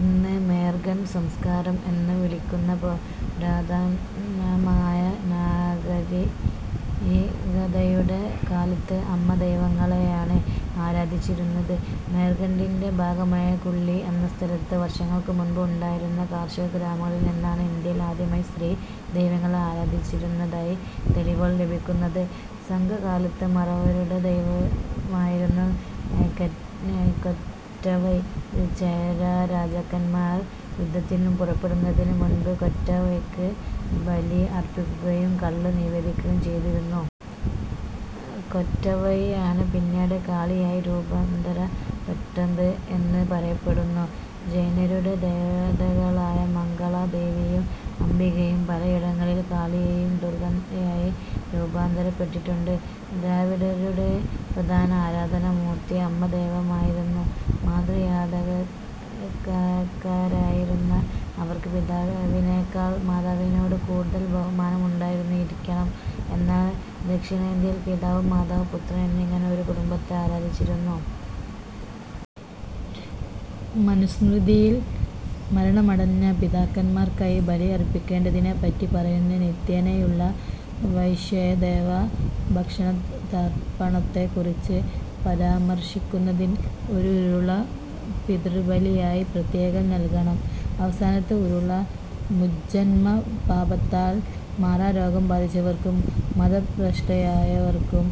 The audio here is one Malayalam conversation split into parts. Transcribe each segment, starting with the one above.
ഇന്ന് മേർഘഡ് സംസ്കാരം എന്നു വിളിക്കുന്ന പുരാതനമായ നാഗരികതയുടെ കാലത്ത് അമ്മദൈവങ്ങളെയാണ് ആരാധിച്ചിരുന്നത്. മേർഘഡിന്റെ ഭാഗമായ കുള്ളി എന്ന സ്ഥലത്ത് വർഷങ്ങൾക്കു മുൻപ് ഉണ്ടായിരുന്ന കാർഷികഗ്രാമങ്ങളിൽ നിന്നാണ് ഇന്ത്യയിൽ ആദ്യമായി സ്ത്രീ ദൈവങ്ങളെ ആരാധിച്ചിരുന്നതായി തെളിവുകൾ ലഭിക്കുന്നത്. സംഘകാലത്ത് മറവരുടെ ദൈവമായിരുന്നു കൊറ്റവൈ കൊറ്റവൈ. ചേരരാജാക്കന്മാർ യുദ്ധത്തിനു പുറപ്പെടുന്നതിനു മുൻപ് കൊറ്റവൈക്ക് ബലി അർപ്പിക്കുകയും കള്ള് നിവേദിക്കുകയും ചെയ്തിരുന്നു. കൊറ്റവൈയാണ് പിന്നീട് കാളിയായി രൂപാന്തരപ്പെട്ടത് എന്ന് പറയപ്പെടുന്നു. ജൈനരുടെ ദേവതകളായ മംഗളാ ദേവിയും അംബികയും പലയിടങ്ങളിൽ കാളിയായും ദുർഗ്ഗയായും രൂപാന്തരപ്പെട്ടിട്ടുണ്ട്. ദ്രാവിഡരുടെ പ്രധാന ആരാധനാ മൂർത്തി അമ്മദൈവമായിരുന്നു. മാതൃദായകക്കാരായിരുന്ന അവർക്ക് പിതാവിനേക്കാൾ മാതാവിനോട് കൂടുതൽ ബഹുമാനം ഉണ്ടായിരുന്നിരിക്കണം. എന്നാൽ ദക്ഷിണേന്ത്യയിൽ പിതാവ് മാതാവ് പുത്രൻ എന്നിങ്ങനെ ഒരു കുടുംബത്തെ ആരാധിച്ചിരുന്നു. മനുസ്മൃതിയിൽ മരണമടഞ്ഞ പിതാക്കന്മാർക്കായി ബലിയർപ്പിക്കേണ്ടതിനെപ്പറ്റി പറയുന്നു. നിത്യേനയുള്ള വൈശ്വദേവ ഭക്ഷണ തർപ്പണത്തെക്കുറിച്ച് പരാമർശിക്കുന്നതിൽ ഒരുരുള പിതൃബലിയായി പ്രത്യേകം നൽകണം. അവസനത്തെ ഉരുള മുജ്ജന്മ പാപത്താൽ മാറാരോഗം ബാധിച്ചവർക്കും മതഭ്രഷ്ടരായവർക്കും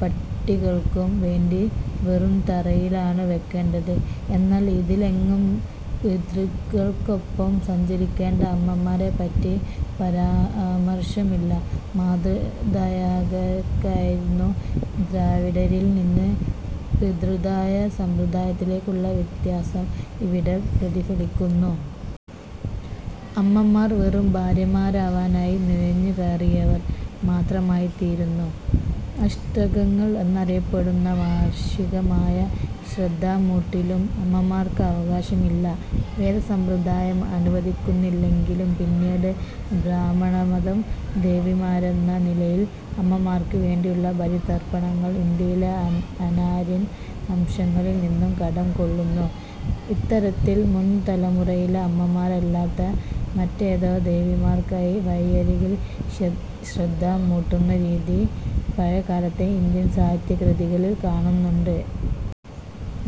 പട്ടികൾക്കും വേണ്ടി വെറും തറയിലാണ് വെക്കേണ്ടത്. എന്നാൽ ഇതിലെങ്ങും പിതൃക്കൾക്കൊപ്പം സഞ്ചരിക്കേണ്ട അമ്മമാരെപ്പറ്റി പരാമർശമില്ല. മാതൃദായകക്കാരായിരുന്ന ദ്രാവിഡരിൽ നിന്ന് പിതൃദായ സമ്പ്രദായത്തിലേക്കുള്ള വ്യത്യാസം ഇവിടെ പ്രതിഫലിക്കുന്നു. അമ്മമാർ വെറും ഭാര്യമാരാവാനായി നുഴഞ്ഞുകയറിയവർ മാത്രമായിത്തീരുന്നു. അഷ്ടകങ്ങൾ എന്നറിയപ്പെടുന്ന വാർഷികമായ ശ്രാദ്ധമൂട്ടിലും അമ്മമാർക്കവകാശമില്ല. വേദസമ്പ്രദായം അനുവദിക്കുന്നില്ലെങ്കിലും പിന്നീട് ബ്രാഹ്മണമതം ദേവിമാരെന്ന നിലയിൽ അമ്മമാർക്ക് വേണ്ടിയുള്ള ബലി തർപ്പണങ്ങൾ ഇന്ത്യയിലെ അനാര്യൻ അംശങ്ങളിൽ നിന്നും കടം കൊള്ളുന്നു. ഇത്തരത്തിൽ മുൻതലമുറയിലെ അമ്മമാരല്ലാത്ത മറ്റേതോ ദേവിമാർക്കായി വഴിയരികിൽ ശ്രാദ്ധമൂട്ടുന്ന രീതി പഴയകാലത്തെ ഇന്ത്യൻ സാഹിത്യകൃതികളിൽ കാണുന്നുണ്ട്.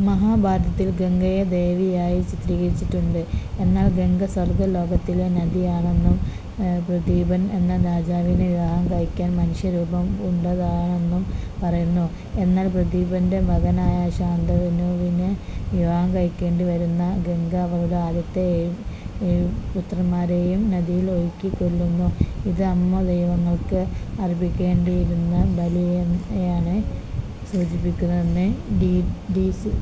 മഹാഭാരതത്തിൽ ഗംഗയെ ദേവിയായി ചിത്രീകരിച്ചിട്ടുണ്ട്. എന്നാൽ ഗംഗ സ്വർഗ്ഗലോകത്തിലെ നദിയാണെന്നും പ്രദീപൻ എന്ന രാജാവിനെ വിവാഹം കഴിക്കാൻ മനുഷ്യരൂപം പൂണ്ടതാണെന്നും പറയുന്നു. എന്നാൽ പ്രദീപന്റെ മകനായ ശാന്തനുവിനെ വിവാഹം കഴിക്കേണ്ടിവരുന്ന ഗംഗ അവളുടെ ആദ്യത്തെ ഏഴുപുത്രന്മാരേയും നദിയിൽ ഒഴുക്കിക്കൊല്ലുന്നു. ഇത് അമ്മ ദൈവങ്ങൾക്ക് അർപ്പിക്കേണ്ടിയിരുന്ന ബലിയെയാണ് സൂചിപ്പിക്കുന്നതെന്ന് ഡി. സി.